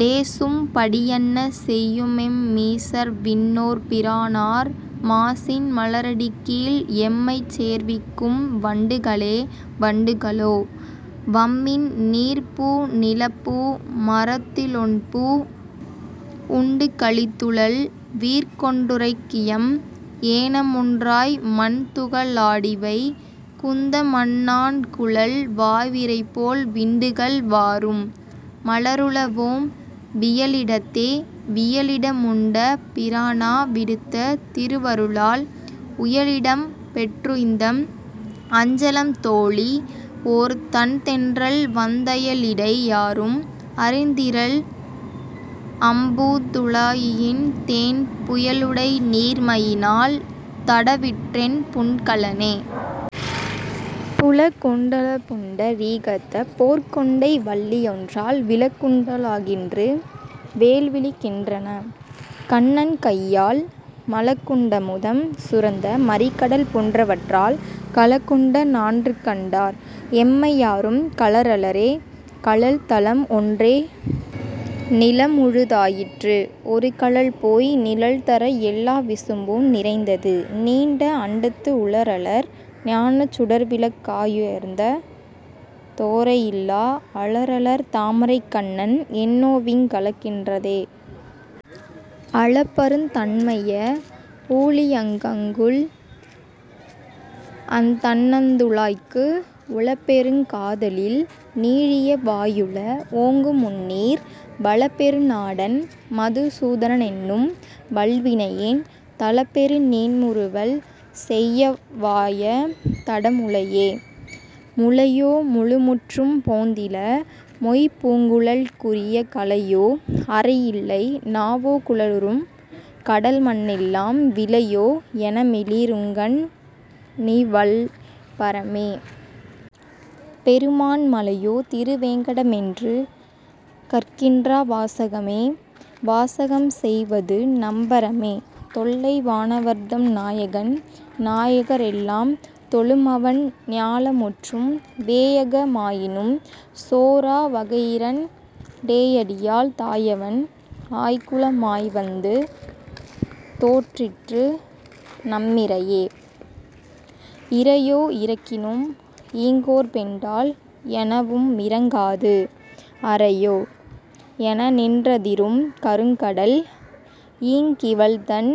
டேசும் படியன்ன செய்யுமெம் மீசர்விண் ணோர்பிரானார் மாசின் மலரடிக் கீழ், எம்மைச் சேர்விக்கும் வண்டுகளே வண்டுக ளோ. வம்மின் நீர்ப்பூ நிலப்பூ மரத்திலொண்பூ, உண்டுகளித்துழல் வீர்க்கொன்றுரைக்கியம், ஏனமொன்றாய் மண்துக ளாடிவை குந்தமன்னாள்குழல் வாய்விரைபோல் விண்டுகள் வாரும், மலருள வோம் வியலிடத்தே? வியலிட முண்ட பிரானா விடுத்த திருவருளால், உயலிடம் பெற்றுய்ந்தம் அஞ்சலம் தோழி, ஓர் தண்தென்றல்வந் தயலிடை யாரும் அறிந்திலர் அம்பூந் துழாயினின்தேன் புயலுடை நீர்மையி னால், தடவிற்றென் புலன்கலனே. புலக்குண் டலப்புண்ட ரீகத்த போர்க்கொண்டை, வல்லியொன்றால் விலக்குண் டுலாகின்று வேல்விழிக் கின்றன, கண்ணன் கையால் மலக்குண் டமுதம் சுரந்த மறிகடல் போன்றவற்றால் கலக்குண்ட நான்றுகண் டார், எம்மை யாரும் கழறலரே. கழல்தலம் ஒன்றே நிலமுழு தாயிற்று, ஒருகழல்போய் நிழல்தர எல்லா விசும்பும் நிறைந்தது, நீண்ட அண்டத்து உழறலர் ஞானச் சுடர்விளக் காயுயர்ந் தோரையில்லா அழறலர் தாமரைக் கண்ணன், என்னோவிங் களக்கின்றதே? அளப்பருந் தன்மைய ஊழியங் கங்குல், அந் தண்ணந்துழாய்க்கு உளப்பெருங் காதலில் நீளிய வாயுள, ஓங்குமுந்நீர் வளப்பெரு நாடன் மதுசூ தனனென்னும் வல்வினையேன் தளப்பெரு நீண்முறு வல், செய்யவாய தடமுலையே. முலையோ முழுமுற்றும் போந்தில, மொய்பூங் குழல்குறிய கலையோ அரையில்லை நாவோகுழறும், கடல்மண்ணெல்லாம் விலையோ எனமிளி ருங்கண் ணிவள்பர மே. பெருமான் மலையோ திருவேங் கடமென்று கற்கின்றா வாசகமே? வாசகம் செய்வது நம்பரமே?, தொல்லை வானவர்தம் நாயகன் நாயக ரெல்லாம் தொழுமவன், ஞாலமுற்றும் வேயக மாயினும் சோரா வகையிரண் டேயடியால் தாயவன், ஆய்க்குல மாய்வந்து தோன்றிற்று நம்மிறையே. இறையோ இரக்கினும் ஈங்கோர்பெண்டால், என வும்மிரங்காது, அறையோ. எனநின் றதிரும் கருங்கடல், ஈங்க்கிவள்தன்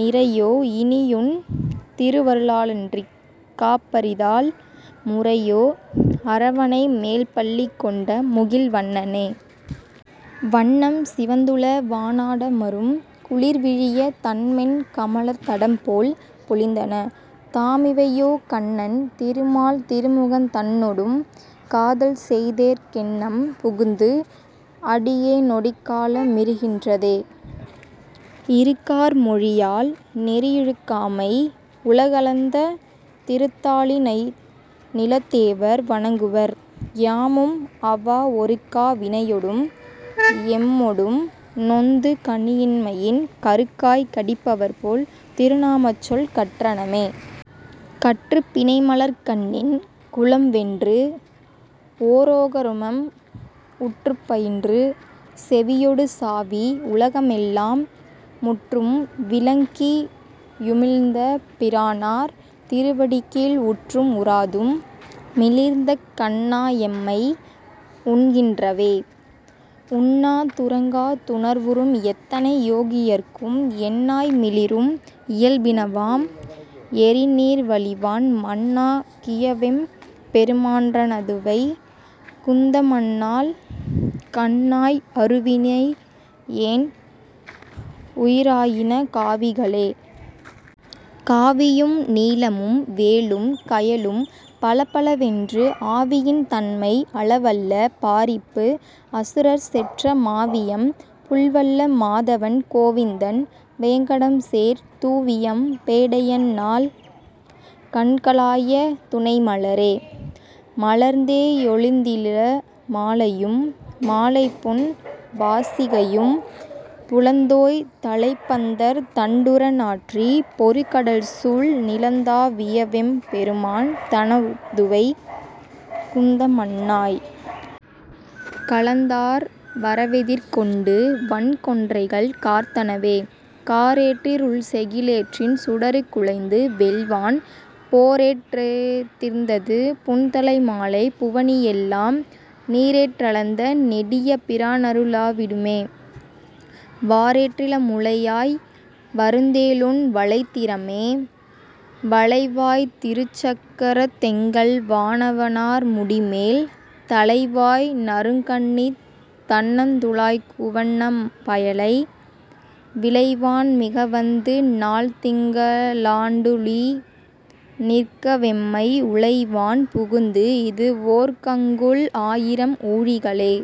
நிறையோ இனியுன் திருவருளாலன்றிக் காப்பரிதால் முறையோ, அரவணை மேல்பள்ளி கொண்ட முகில்வண்ணனே. வண்ணம் சிவந்துள வானாடமரும் குளிர்விழிய, தண்மென் கமலத் தடம்போல் பொலிந்தன, தாமிவையோ கண்ணன் திருமால் திருமுகந் தன்னொடும் காதல்செய்தேற் கெண்ணம் புகுந்து, அடி யேனொடிக் கால மிருகின்றதே. இருக்கார் மொழியால் நெறியிழுக்காமை, உலகளந்த திருத்தா ளிணைநிலத் தேவர் வணங்குவர், யாமும் அவா ஒருக்கா வினையொடும் எம்மொடும் நொந்து கனியின்மையின் கருக்காய் கடிப்பவர் போல், திருநாமச்சொல் கற்றனமே. கற்றுப் பிணைமலர்க் கண்ணின் குலம்வென்று, ஓ ரோகருமம் உற்றுப் பயின்று செவியொடு சாவி, உலகமெல்லாம் முற்றும் விழுங்க்கி யுமிழ்ந்த பிரானார் திருவடிக்கீழ் உற்றும் உறாதும், மிளீர்ந்தகண் ணாயெம்மை உண்கின்றவே. உண்ணா துறங்கா துணர்வுறும் எத்தனை யோகியர்க்கும் எண்ணாய் மிளிரும் இயல்பினவாம், எரி நீர்வளிவான் மண்ணா கியவெம் பெருமான்றனதுவை குந்தமன்னாள் கண்ணாய் அருவினை யேன், உயிராயின காவிகளே. காவியும் நீலமும் வேலும் கயலும் பலபலவென்று, ஆவியின் தன்மை அளவல்ல பாரிப்பு, அசுரர்செற்ற மாவியம் புள்வல்ல மாதவன் கோவிந்தன் வேங்கடம்சேர் தூவியம் பேடையன் னாள், கண்களாய துணைமலரே. மலர்ந்தே யொழிலிந்தில மாலையும் மாலைபொன் வாசிகையும் புலந்தோய் தழைப்பந்தர் தண்டுற நாற்றி, பொருகடல்சூழ் நிலந்தா வியவெம் பெருமான் தனதுவை குந்தமன்னாய். கலந்தார் வரவெதிர் கொண்டு, வன் கொன்றைகள் கார்த்தனவே. காரேற் றிருள்செகி லேற்றின் சுடருக் குளைந்து, வெல்வான் போரேற் றெதிர்ந்தது புன்தலை மாலை, புவனியெல்லாம் நீரேற் றளந்த நெடிய பிரானரு ளாவிடுமே? வாரேற் றிளமுலை யாய், வருந்தேலுன் வளைத்திறமே. வளைவாய்த் திருச்சக் கரத்தெங்கள் வானவ னார்முடிமேல், தளைவாய் நறுங்கண்ணித் தண்ணந் துழாய்க்குவண் ணம்பயலை, விளைவான் மிகவந்து நாள்திங்க ளாண்டூழி நிற்கவெம்மை உளைவான் புகுந்து, இது வோர்கங்குல் ஆயிரம் ஊழிகளே.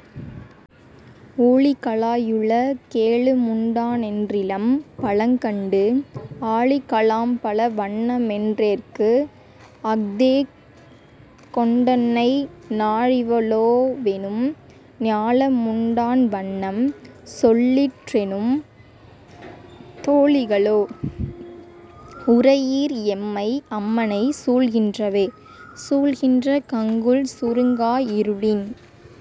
ஊழிக ளாயுல கேழுமுண் டானென் றிலம், பழங்கண்டு ஆழிக ளாம்பழ வண்ணமென் றேற்க்கு, அஃ தேகொண்டன்னை நாழிவ ளோவெனும் ஞாலமுண் டான்வண்ணம் சொல்லிற்றென்னும் தோழிக ளோ. உரை யீர், எம்மை அம்மனை சூழ்கின்றவே. சூழ்க்கின்ற கங்குல் சுருங்கா இருளின்